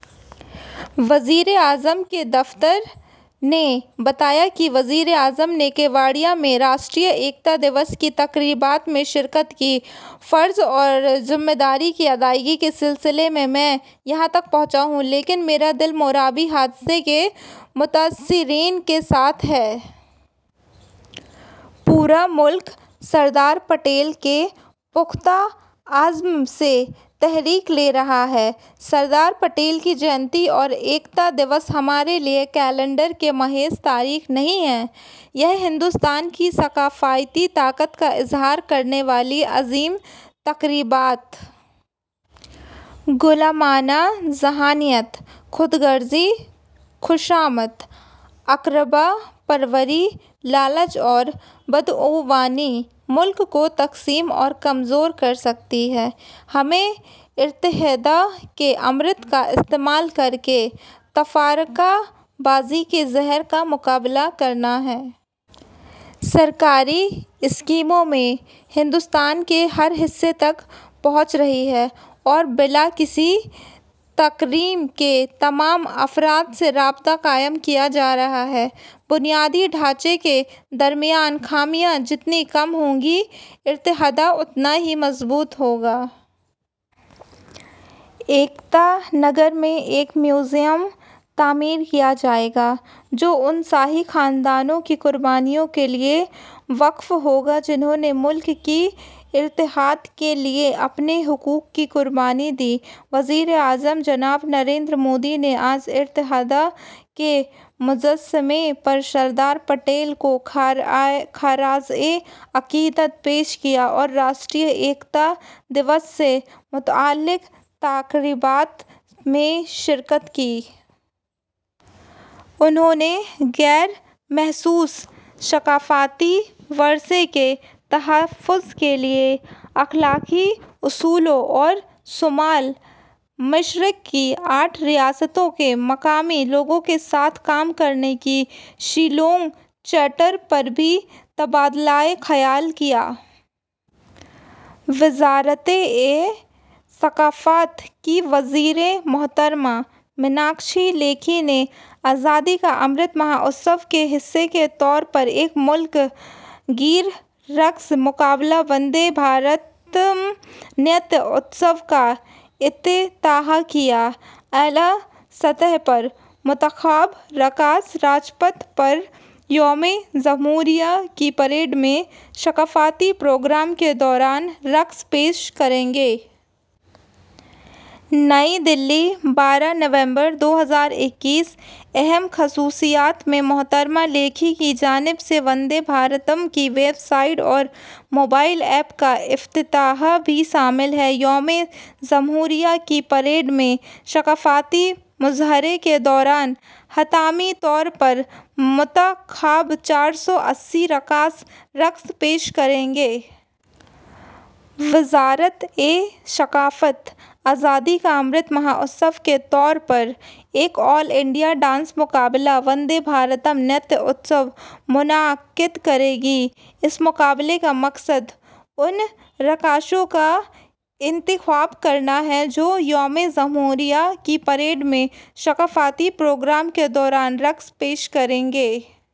وزیر اعظم کے دفتر نے بتایا کہ وزیر اعظم نے کیوڈیا میں راشٹریہ ایکتا دیوس کی تقریبات میں شرکت کی۔ فرض اور ذمہ داری کی ادائیگی کے سلسلے میں میں یہاں تک پہنچا ہوں، لیکن میرا دل موربی حادثے کے متاثرین کے ساتھ ہے۔ پورا ملک سردار پٹیل کے پختہ عزم سے تحریک لے رہا ہے۔ سردار پٹیل کی جینتی اور ایکتا دیوس ہمارے لیے کیلنڈر کی محض تاریخیں نہیں ہیں، یہ ہندوستان کی ثقافتی طاقت کا اظہار کرنے والی عظیم تقریبات ہیں۔ غلامانہ ذہنیت، خود غرضی، خوشامد، اقربا پروری، لالچ اور بدعنوانی ملک کو تقسیم اور کمزور کر سکتی ہیں۔ ہمیں اتحاد کے امرت کا استعمال کرکے تفرقہ بازی کے زہر کا مقابلہ کرنا ہے۔ سرکاری اسکیمیں ہندوستان کے ہر حصے تک پہنچ رہی ہیں اور بلا کسی تفریق کے تمام افراد سے رابطہ قائم کیا جا رہا ہے۔ بنیادی ڈھانچے کے درمیان خامیاں جتنی کم ہوں گی، اتحاد اتنا ہی مضبوط ہوگا۔ ایکتا نگر میں ایک میوزیم تعمیر کیا جائے گا جو ان شاہی خاندانوں کی قربانیوں کے لیے وقف ہوگا جنہوں نے ملک کے اتحاد کے لیے اپنے حقوق کی قربانی دی۔ وزیر اعظم جناب نریندر مودی نے آج اتحاد کے مجسمے پر سردار پٹیل کو خراج عقیدت پیش کیا اور راشٹریہ ایکتا دیوس سے متعلق تقریبات میں شرکت کی۔ انہوں نے غیر محسوس ثقافتی ورثے کے تحفظ کے لیے اخلاقی اصولوں اور شمال مشرق کی آٹھ ریاستوں کے مقامی لوگوں کے ساتھ کام کرنے کے شیلانگ چارٹر پر بھی تبادلہ خیال کیا۔ وزارت ثقافت کی وزیر محترمہ میناکشی لیکھی نے آزادی کا امرت مہوتسو کے حصے کے طور پر ایک ملک گیر رقص مقابلہ وندے بھارتم، نرتیہ اتسو کا افتتاح کیا۔ اعلیٰ سطح پر منتخب رقاص راج پتھ پر یوم جمہوریہ کی پریڈ میں ثقافتی پروگرام کے دوران رقص پیش کریں گے۔ نئی دہلی، بارہ نومبر دو ہزار اکیس۔ اہم خصوصیات میں محترمہ لیکھی کی جانب سے وندے بھارتم کی ویب سائٹ اور موبائل ایپ کا افتتاح بھی شامل ہے۔ یوم جمہوریہ کی پریڈ میں ثقافتی مظاہرے کے دوران حتمی طور پر منتخب چار سو اسی رقاص رقص پیش کریں گے۔ وزارت ثقافت آزادی کا امرت مہوتسو کے طور پر ایک آل انڈیا ڈانس مقابلہ وندے بھارتم، نرتیہ اتسو منعقد کرے گی۔ اس مقابلے کا مقصد ان رقاصوں کا انتخاب کرنا ہے جو یوم جمہوریہ کی پریڈ میں ثقافتی پروگرام کے دوران رقص پیش کریں گے۔